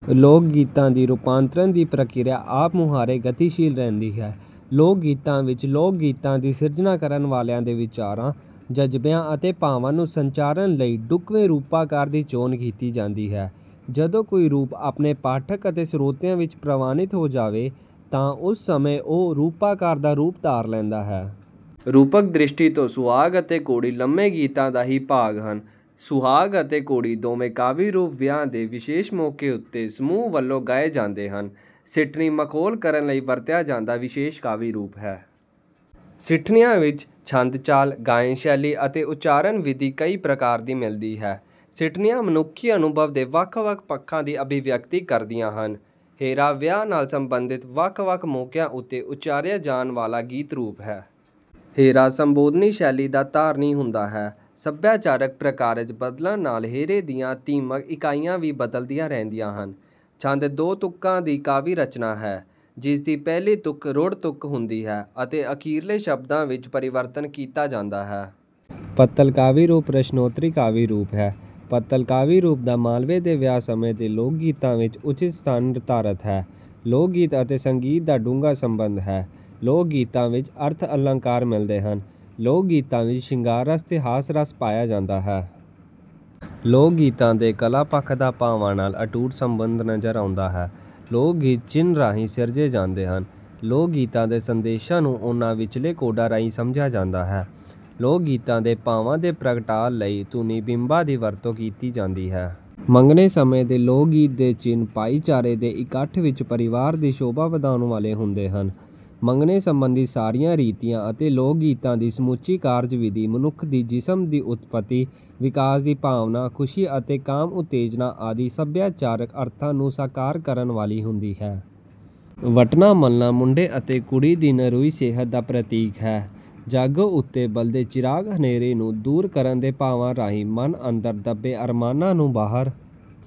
ਲੋਕਗੀਤਾਂ ਦੀ ਰੂਪਾਂਤਰਨ ਦੀ ਪ੍ਰਕਿਰਿਆ ਆਪ-ਮੁਹਾਰੇ ਗਤੀਸ਼ੀਲ ਰਹਿੰਦੀ ਹੈ। ਲੋਕਗੀਤਾਂ ਵਿੱਚ ਲੋਕਗੀਤਾਂ ਦੀ ਸਿਰਜਣਾ ਕਰਨ ਵਾਲਿਆਂ ਦੇ ਵਿਚਾਰਾਂ, ਜਜ਼ਬਿਆਂ ਅਤੇ ਭਾਵਾਂ ਨੂੰ ਸੰਚਾਰਨ ਲਈ ਢੁੱਕਵੇਂ ਰੂਪਾਕਾਰ ਦੀ ਜੋਣ ਕੀਤੀ ਜਾਂਦੀ ਹੈ। ਜਦੋਂ ਕੋਈ ਰੂਪ ਆਪਣੇ ਪਾਠਕਾਂ ਅਤੇ ਸਰੋਤਿਆਂ ਵਿੱਚ ਪ੍ਰਵਾਨਿਤ ਹੋ ਜਾਵੇ, ਤਾਂ ਉਸ ਸਮੇਂ ਉਹ ਰੂਪਾਕਾਰ ਦਾ ਰੂਪ ਧਾਰ ਲੈਂਦਾ ਹੈ। ਰੂਪਕ-ਦ੍ਰਿਸ਼ਟੀ ਤੋਂ ਸੁਹਾਗ ਅਤੇ ਘੋੜੀ ਲੰਮੇ ਗੀਤਾਂ ਦਾ ਹੀ ਭਾਗ ਹਨ। ਸੁਹਾਗ ਅਤੇ ਘੋੜੀਆਂ ਦੋਵੇਂ ਕਾਵਿ-ਰੂਪ ਵਿਆਹ ਦੇ ਵਿਸ਼ੇਸ਼ ਮੌਕੇ ਉੱਤੇ ਸਮੂਹ ਵੱਲੋਂ ਗਾਏ ਜਾਂਦੇ ਹਨ। ਸਿੱਠਣੀ ਮਖੌਲ ਕਰਨ ਲਈ ਵਰਤਿਆ ਜਾਂਦਾ ਵਿਸ਼ੇਸ਼ ਕਾਵਿ-ਰੂਪ ਹੈ। ਸਿੱਠਣੀਆਂ ਵਿੱਚ ਛੰਦ-ਚਾਲ, ਗਾਇਨ-ਸ਼ੈਲੀ ਅਤੇ ਉਚਾਰਨ-ਵਿਧੀ ਕਈ ਪ੍ਰਕਾਰ ਦੀ ਮਿਲਦੀ ਹੈ। ਸਿੱਠਣੀਆਂ ਮਨੁੱਖੀ ਅਨੁਭਵ ਦੇ ਵੱਖ-ਵੱਖ ਪੱਖਾਂ ਦੀ ਅਭਿਵਿਅਕਤੀ ਕਰਦੀਆਂ ਹਨ। ਹੇਅਰਾ ਵਿਆਹ ਨਾਲ ਸਬੰਧਿਤ ਵੱਖ-ਵੱਖ ਮੌਕਿਆਂ ਉੱਤੇ ਉਚਾਰਿਆ ਜਾਣ ਵਾਲਾ ਗੀਤ-ਰੂਪ ਹੈ। ਹੇਅਰਾ ਸੰਬੋਧਨੀ ਸ਼ੈਲੀ ਦਾ ਧਾਰਨੀ ਹੁੰਦਾ ਹੈ। ਸੱਭਿਆਚਾਰਕ ਪ੍ਰਕਾਰਜ ਬਦਲਣ ਨਾਲ ਹੇਅਰੇ ਦੀਆਂ ਥੀਮਕ ਇਕਾਈਆਂ ਵੀ ਬਦਲਦੀਆਂ ਰਹਿੰਦੀਆਂ ਹਨ। ਛੰਦ ਦੋ ਤੁਕਾਂ ਦੀ ਕਾਵਿ-ਰਚਨਾ ਹੈ, ਜਿਸਦੀ ਪਹਿਲੀ ਤੁਕ ਰੂੜ੍ਹ ਤੁਕ ਹੁੰਦੀ ਹੈ ਅਤੇ ਅਖਰੀਲੇ ਸ਼ਬਦਾਂ ਵਿੱਚ ਪਰਿਵਰਤਨ ਕੀਤਾ ਜਾਂਦਾ ਹੈ। ਪੱਤਲ ਕਾਵਿ-ਰੂਪ ਪ੍ਰਸ਼ਨੋਤਰੀ ਕਾਵਿ-ਰੂਪ ਹੈ। ਪੱਤਲ ਕਾਵਿ-ਰੂਪ ਦਾ ਮਾਲਵੇ ਦੇ ਵਿਆਹ ਸਮੇਂ ਦੇ ਲੋਕਗੀਤਾਂ ਵਿੱਚ ਉਚਿਤ ਸਥਾਨ ਨਿਰਧਾਰਤ ਹੈ। ਲੋਕਗੀਤ ਅਤੇ ਸੰਗੀਤ ਦਾ ਡੂੰਘਾ ਸੰਬੰਧ ਹੈ। ਲੋਕਗੀਤਾਂ ਵਿੱਚ ਅਰਥ-ਅਲੰਕਾਰ ਮਿਲਦੇ ਹਨ। ਲੋਕਗੀਤਾਂ ਵਿੱਚ ਸ਼ਿੰਗਾਰ ਰਸ ਤੇ ਹਾਸਰਸ ਪਾਇਆ ਜਾਂਦਾ ਹੈ। ਲੋਕਗੀਤਾਂ ਦੇ ਕਲਾ-ਪੱਖ ਦਾ ਭਾਵਾਂ ਨਾਲ ਅਤੁੱਟ ਸੰਬੰਧ ਨਜ਼ਰ ਆਉਂਦਾ ਹੈ। ਲੋਕਗੀਤ ਚਿੰਨ੍ਹਾਂ ਰਾਹੀਂ ਸਿਰਜੇ ਜਾਂਦੇ ਹਨ। ਲੋਕਗੀਤਾਂ ਦੇ ਸੰਦੇਸ਼ਾਂ ਨੂੰ ਉਨ੍ਹਾਂ ਵਿਚਲੇ ਕੋਡਾਂ ਰਾਹੀਂ ਸਮਝਿਆ ਜਾਂਦਾ ਹੈ। ਲੋਕਗੀਤਾਂ ਦੇ ਭਾਵਾਂ ਦੇ ਪ੍ਰਗਟਾਅ ਲਈ ਧੁਨੀ-ਬਿੰਬਾਂ ਦੀ ਵਰਤੋਂ ਕੀਤੀ ਜਾਂਦੀ ਹੈ। ਮੰਗਣੇ ਸਮੇਂ ਦੇ ਲੋਕਗੀਤ ਦੇ ਚਿੰਨ੍ਹ ਭਾਈਚਾਰੇ ਦੇ ਇਕੱਠ ਵਿੱਚ ਪਰਿਵਾਰ ਦੀ ਸ਼ੋਭਾ ਵਧਾਉਣ ਵਾਲੇ ਹੁੰਦੇ ਹਨ। ਮੰਗਣੇ ਸੰਬੰਧੀ ਸਾਰੀਆਂ ਰੀਤਾਂ ਅਤੇ ਲੋਕਗੀਤਾਂ ਦੀ ਸਮੁੱਚੀ ਕਾਰਜਵਿਧੀ ਮਨੁੱਖ ਦੀ ਜਿਣਸ ਦੀ ਉਤਪਤੀ, ਵਿਕਾਸ ਦੀ ਭਾਵਨਾ, ਖੁਸ਼ੀ ਅਤੇ ਕਾਮ-ਉਤੇਜਨਾ ਆਦਿ ਸਭਿਆਚਾਰਕ ਅਰਥਾਂ ਨੂੰ ਸਾਕਾਰ ਕਰਨ ਵਾਲੀ ਹੁੰਦੀ ਹੈ। ਵਟਣਾ-ਮਲਣਾ ਮੁੰਡੇ ਅਤੇ ਕੁੜੀ ਦੀ ਨਰੋਈ ਸਿਹਤ ਦਾ ਪ੍ਰਤੀਕ ਹੈ। ਜਾਗੋ ਉੱਤੇ ਬਲਦੇ ਚਿਰਾਗ ਹਨੇਰੇ ਨੂੰ ਦੂਰ ਕਰਨ ਦੇ ਭਾਵਾਂ ਰਾਹੀਂ ਮਨ ਅੰਦਰ ਦੱਬੇ ਅਰਮਾਨਾਂ ਨੂੰ ਬਾਹਰ